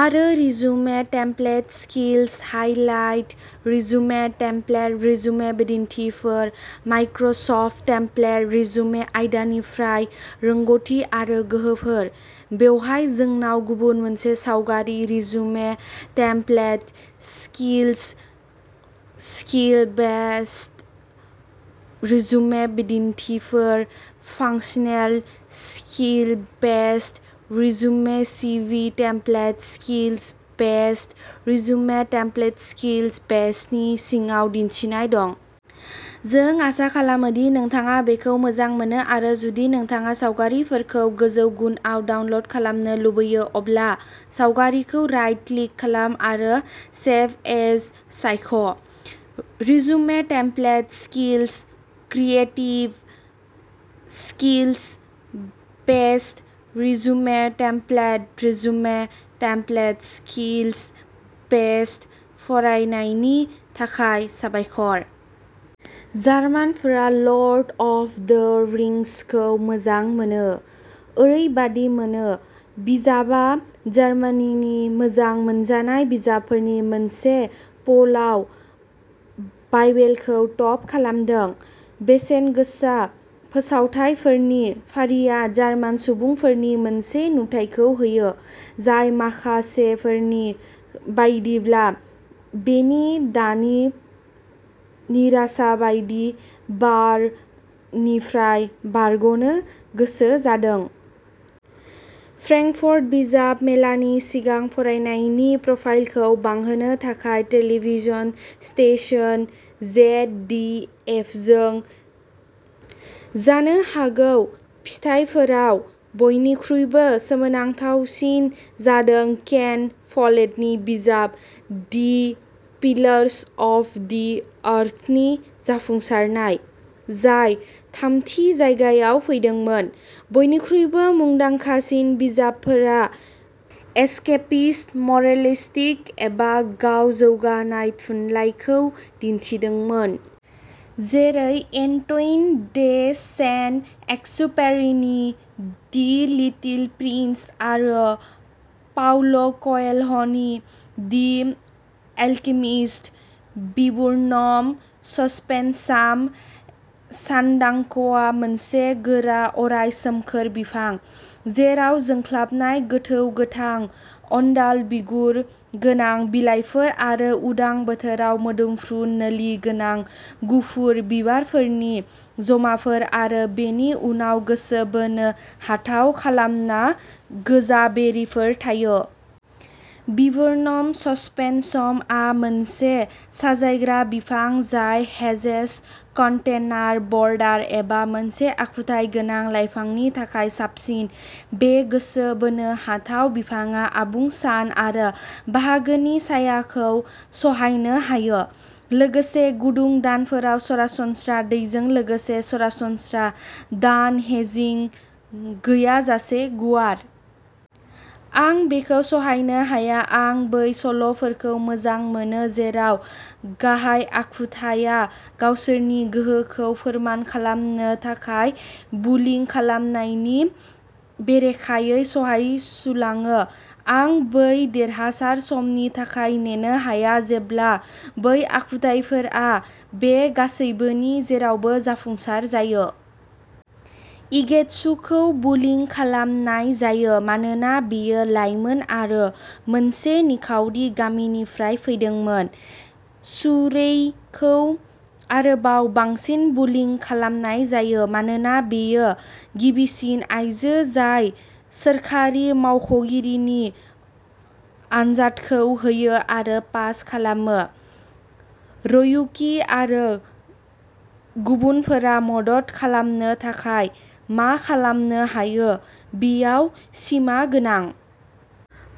आरो resume template skills highlight resume template resume बिदिन्थिफोर Microsoft template resume आयदानिफ्राय रोंग'थि आरो गोहोफोर। बेवहाय जोंनाव गुबुन मोनसे सावगारि resume template skills skill based resume बिदिन्थिफोर functional skill based resume CV template skills based resume template skills बेसडनि सिङाव दिन्थिनाय दं। जों आसा खालामो दि नोंथाङा बेखौ मोजां मोनो आरो जुदि नोंथाङा सावगारिफोरखौ गोजौ गुनआव डाउनल'ड खालामनो लुगैयो, अब्ला सावगारिखौ राइट क्लिक खालाम आरो "सेभ एज" सायख'। Resume template skills creative skills based resume template resume template skills based फरायनायनि थाखाय साबायखर। जार्मानफोरा लर्ड अफ द रिंसखौ मोजां मोनो। ओरैबादि मोनो। बिजाबआ जार्मानिनि मोजां मोनजानाय बिजाबफोरनि मोनसे पलआव बाइबेलखौ टप खालामदों। बेसेनगोसा फोसावथायफोरनि फारिया जार्मान सुबुंफोरनि मोनसे नुथायखौ होयो। जाय माखासेफोरनि बायदिब्ला बेनि दानि निराशाबादनि बार निफ्राय बारग'नो गोसो जादों। फ्रेंकफर्ट बिजाब मेलानि सिगां फरायनायनि प्रफाइलखौ बांहोनो थाखाय टेलीविजन स्टेशन जेडडिएफजों। जानो हागौ फिथाइफोराव बयनिख्रुइबो सोमोनांथावसिन जादों केन फलेटनि बिजाब दि पिलार्स अफ दि आर्थनि जाफुंसारनाय। जाय थामथि जायगायाव फैदोंमोन। बयनिख्रुइबो मुंदांखासिन बिजाबफोरा एस्केपिस्ट, मोरेलिस्टिक एबा गाव जौगानाय थुनलाइखौ दिन्थिदोंमोन। जेरै एन्ट'इन डे सेन्ट एक्सुपेरिनि दि लिटिल प्रिन्स आरो पाउल'क'येल्ह'नि दि एलकेमिस्ट। विबुर्नम ससपेनसाम सानदांकवा मोनसे गोरा अराय सोमखोर बिफां, जेराव जोंख्लाबनाय गोथौ गोथां अनदाल बिगुर गोनां बिलाइफोर आरो उदां बोथोराव मोदोमफ्रु नोलि गोनां गुफुर बिबारफोरनि ज'माफोर आरो बेनि उनाव गोसो बोनो हाथाव खमला गोजा बेरिफोर थायो। विबुर्नम ससपेनसामआ मोनसे साजायग्रा बिफां जाय हेजेस कनटेनार बरदार एबा मोनसे आखुथाय गोनां लाइफांनि थाखाय साबसिन। बे गोसो बोनो हाथाव बिफांआ आबुं सान आरो बाहागोनि सायाखौ सहायनो हायो। लोगोसे गुदुं दानफोराव सरासनस्रा दैजों लोगोसे सरासनस्रा दान हेजिं गैयाजासे गुवार। आं बेखौ सहायनो हाया। आं बै सल'फोरखौ मोजां मोनो जेराव गाहाय आखुथाया गावसोरनि गोहोखौ फोरमान खालामनो थाखाय बुलिं खालामनायनि बेरेखायै सहायसुलाङो। आं बै देरहासार समनि थाखाय नेनो हाया जेब्ला बै आखुथाइफोरा बे गासैबोनि गेजेरावबो जाफुंसार जायो। इगेतसुखौ बुलिं खालामनाय जायो। मानोना बियो लायमोन आरो मोनसे निखावरि गामिनिफ्राय फैदोंमोन। शुरेइखौ आरोबाव बांसिन बुलिं खालामनाय जायो। मानोना बियो गिबिसिन आइजो जाय सोरखारि मावख'गिरिनि आनजादखौ होयो आरो पास खालामो। रयुकि आरो गुबुनफोरा मदद खालामनो थाखाय मा खालामनो हायो बेयाव सिमा गोनां।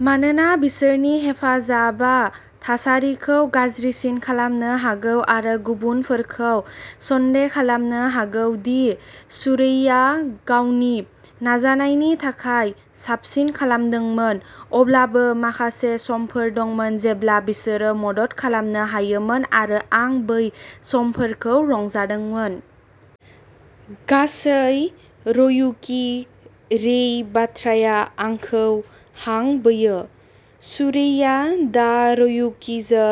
मानोना बिसोरनि हेफाजाबआ थासारिखौ गाज्रिसिन खालामनो हागौ आरो गुबुनफोरखौ सन्देह खालामनो हागौ दि शुरेइआ गावनि नाजानायनि सायाव साबसिन खालामदोंमोन। अब्लाबो माखासे समफोर दंमोन जेब्ला बिसोरो मदद खालामनो हायोमोन आरो आं बै समफोरखौ रंजादोंमोन। गासै रयुकि रेइ बाथ्राया आंखौ हां बोयो। शुरेइआ दा रयुकिजों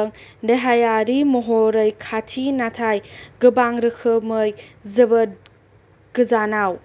देहायारि महरै खाथि नाथाय गोबां रोखोमै जोबोद गोजानाव।